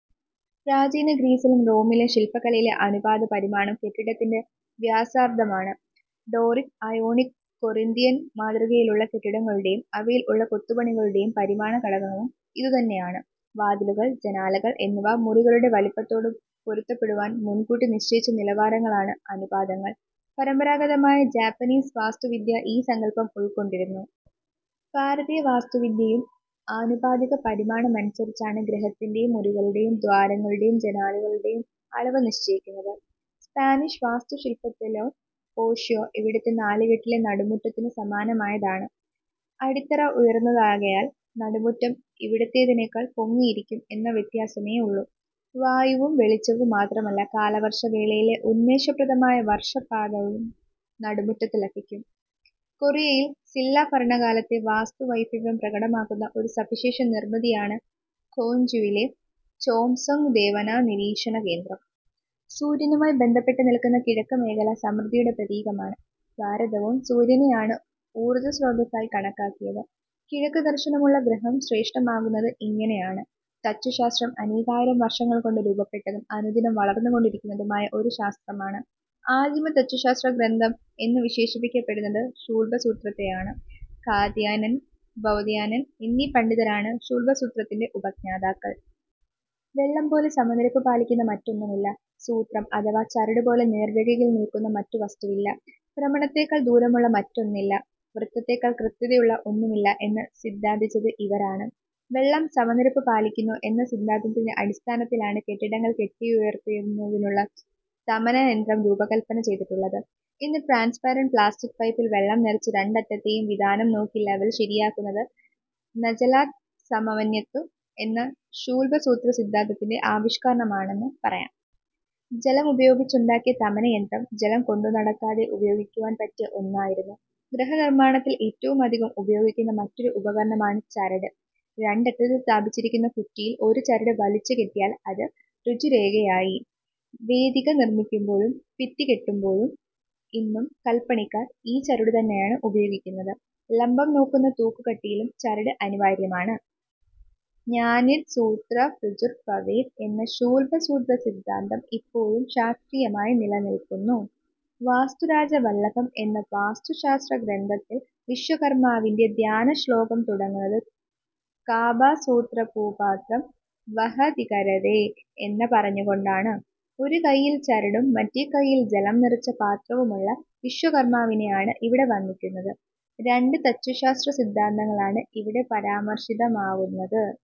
പ്രാചീന ഗ്രീസിലും റോമിലും ശില്പകലയിലെ അനുപാത പരിമാണം കെട്ടിടത്തിന്റെ വ്യാസാർധമാണ്. ഡോറിക്, അയോണിക്, കൊറിന്തിയൻ മാതൃകകളിലുള്ള കെട്ടിടങ്ങളുടേയും അവയിൽ ഉള്ള കൊത്തുപണികളുടേയും പരിമാണ ഘടകവും ഇതുതന്നെയാണ്. വാതിലുകൾ, ജനാലകൾ എന്നിവ മുറികളുടെ വലിപ്പത്തോടു പൊരുത്തപ്പെടുവാൻ മുൻകൂട്ടി നിശ്ചയിച്ച നിലവാരങ്ങളാണ് അനുപാതങ്ങൾ. പരമ്പരാഗതമായ ജാപ്പനീസ് വാസ്തുവിദ്യ ഈ സങ്കല്പം ഉൾക്കൊണ്ടിരുന്നു. ഭാരതീയ വാസ്തുവിദ്യയും ആനുപാതിക പരിമാണമനുസരിച്ചാണ് ഗൃഹത്തിന്റേയും മുറികളുടേയും ദ്വാരങ്ങളുടേയും ജനാലകളുടേയും അളവ് നിശ്ചയിക്കുന്നത്. സ്പാനിഷ് വാസ്തുശില്പത്തിലെ പോഷ്വോ ഇവിടത്തെ നാലുകെട്ടിലെ നടുമുറ്റത്തിനു സമാനമായതാണ്. അടിത്തറ ഉയർന്നതാകയാൽ നടുമുറ്റം ഇവിടത്തേതിനേക്കാൾ പൊങ്ങിയിരിക്കും എന്ന വ്യത്യാസമേയുള്ളു. വായുവും വെളിച്ചവും മാത്രമല്ല, കാലവർഷവേളയിലെ ഉന്മേഷപ്രദമായ വർഷപാതവും നടുമുറ്റത്ത് ലഭിക്കുന്നു. കൊറിയയിൽ സില്ലാ ഭരണകാലത്തെ വാസ്തുവൈഭവം പ്രകടമാക്കുന്ന ഒരു സവിശേഷ നിർമിതിയാണ് ക്യോൻജൂവിലെ ചോം സൊങ് ദേവാന നിരീക്ഷണകേന്ദ്രം. സൂര്യനുമായി ബന്ധപ്പെട്ടു നില്ക്കുന്ന കിഴക്ക് മേഖല സമൃദ്ധിയുടെ പ്രതീകമാണ്. ഭാരതവും സൂര്യനെയാണ് ഊർജ സ്രോതസ്സായി കണക്കാക്കിയത്. കിഴക്ക് ദർശനമുള്ള ഗൃഹം ശ്രേഷ്ഠമാകുന്നത് ഇങ്ങനെയാണ്. തച്ചുശാസ്ത്രം അനേകായിരം വർഷങ്ങൾകൊണ്ട് രൂപപ്പെട്ടതും അനുദിനം വളർന്നുകൊണ്ടിരിക്കുന്നതുമായ ഒരു ശാസ്ത്രമാണ്. ആദിമ തച്ചുശാസ്ത്രഗ്രന്ഥം എന്നു വിശേഷിപ്പിക്കപ്പെടുന്നത് ശുല്ബസൂത്രത്തെയാണ്. കാത്യായനൻ, ബൌധായനൻ എന്നീ പണ്ഡിതരാണ് ശുല്ബസൂത്രത്തിന്റെ ഉപജ്ഞാതാക്കൾ. വെള്ളംപോലെ സമനിരപ്പ് പാലിക്കുന്ന മറ്റൊന്നുമില്ല; സൂത്രം അഥവാ ചരടുപോലെ നേർരേഖയിൽ നില്ക്കുന്ന മറ്റു വസ്തുവില്ല; ഭ്രമണത്തേക്കാൾ ദൂരമുള്ള മറ്റൊന്നില്ല; വൃത്തത്തേക്കാൾ കൃത്യതയുള്ള ഒന്നുമില്ല എന്ന് സിദ്ധാന്തിച്ചത് ഇവരാണ്. വെള്ളം സമനിരപ്പു പാലിക്കുന്നു എന്ന സിദ്ധാന്തത്തിന്റെ അടിസ്ഥാനത്തിലാണ് കെട്ടിടങ്ങൾ കെട്ടിയുയർത്തുന്നതിനുള്ള തമന യന്ത്രം രൂപകല്പന ചെയ്തിട്ടുള്ളത്. ഇന്ന് ട്രാൻസ്പരന്റ് പ്ലാസ്റ്റിക് പൈപ്പിൽ വെള്ളം നിറച്ച് രണ്ടറ്റത്തേയും വിതാനം നോക്കി ലവൽ ശരിയാക്കുന്നത് 'നജലാത് സമവന്യത്തു' എന്ന ശുല്ബസൂത്ര സിദ്ധാന്തത്തിന്റെ ആവിഷ്കാരമാണെന്നു പറയാം. ജലമുപയോഗിച്ചുണ്ടാക്കിയ തമനയന്ത്രം, ജലം കൊണ്ടുനടക്കാതെ ഉപയോഗിക്കുവാൻ പറ്റിയ ഒന്നായിരുന്നു. ഗൃഹനിർമ്മാണത്തിൽ ഏറ്റവും അധികം ഉപയോഗിക്കുന്ന മറ്റൊരു ഉപകരണമാണ് ചരട്. രണ്ടറ്റത്ത് സ്ഥാപിച്ചിരിക്കുന്ന കുറ്റിയിൽ ഒരു ചരട് വലിച്ചു കെട്ടിയാൽ അത് ഋജുരേഖയായി. വേദിക നിർമ്മിക്കുമ്പോഴും ഭിത്തി കെട്ടുമ്പോഴും ഇന്നും കൽപ്പണിക്കാർ ഈ ചരടുതന്നെയാണ് ഉപയോഗിക്കുന്നത്. ലംബം നോക്കുന്ന തൂക്കുകട്ടയിലും ചരട് അനിവാര്യമാണ്. 'നാന്യത് സൂത്രാഭൃജുർ ഭവേത്' എന്ന ശുല്ബസൂത്ര സിദ്ധാന്തം ഇപ്പോഴും ശാസ്ത്രീയമായി നിലനില്ക്കുന്നു. വാസ്തുരാജവല്ലഭം എന്ന വാസ്തുശാസ്ത്രഗ്രന്ഥത്തിൽ വിശ്വകർമാവിന്റെ ധ്യാനശ്ളോകം തുടങ്ങുന്നത് 'കബാസൂത്രംപുപാത്രം വഹതികരതേ' എന്നു പറഞ്ഞുകൊണ്ടാണ്. ഒരു കയ്യിൽ ചരടും മറ്റേ കയ്യിൽ ജലം നിറച്ച പാത്രവുമുള്ള വിശ്വകർമാവിനെയാണ് ഇവിടെ വന്ദിക്കുന്നത്. രണ്ട് തച്ചുശാസ്ത്ര സിദ്ധാന്തങ്ങളാണ് ഇവിടെ പരാമർശിതമാകുന്നത്.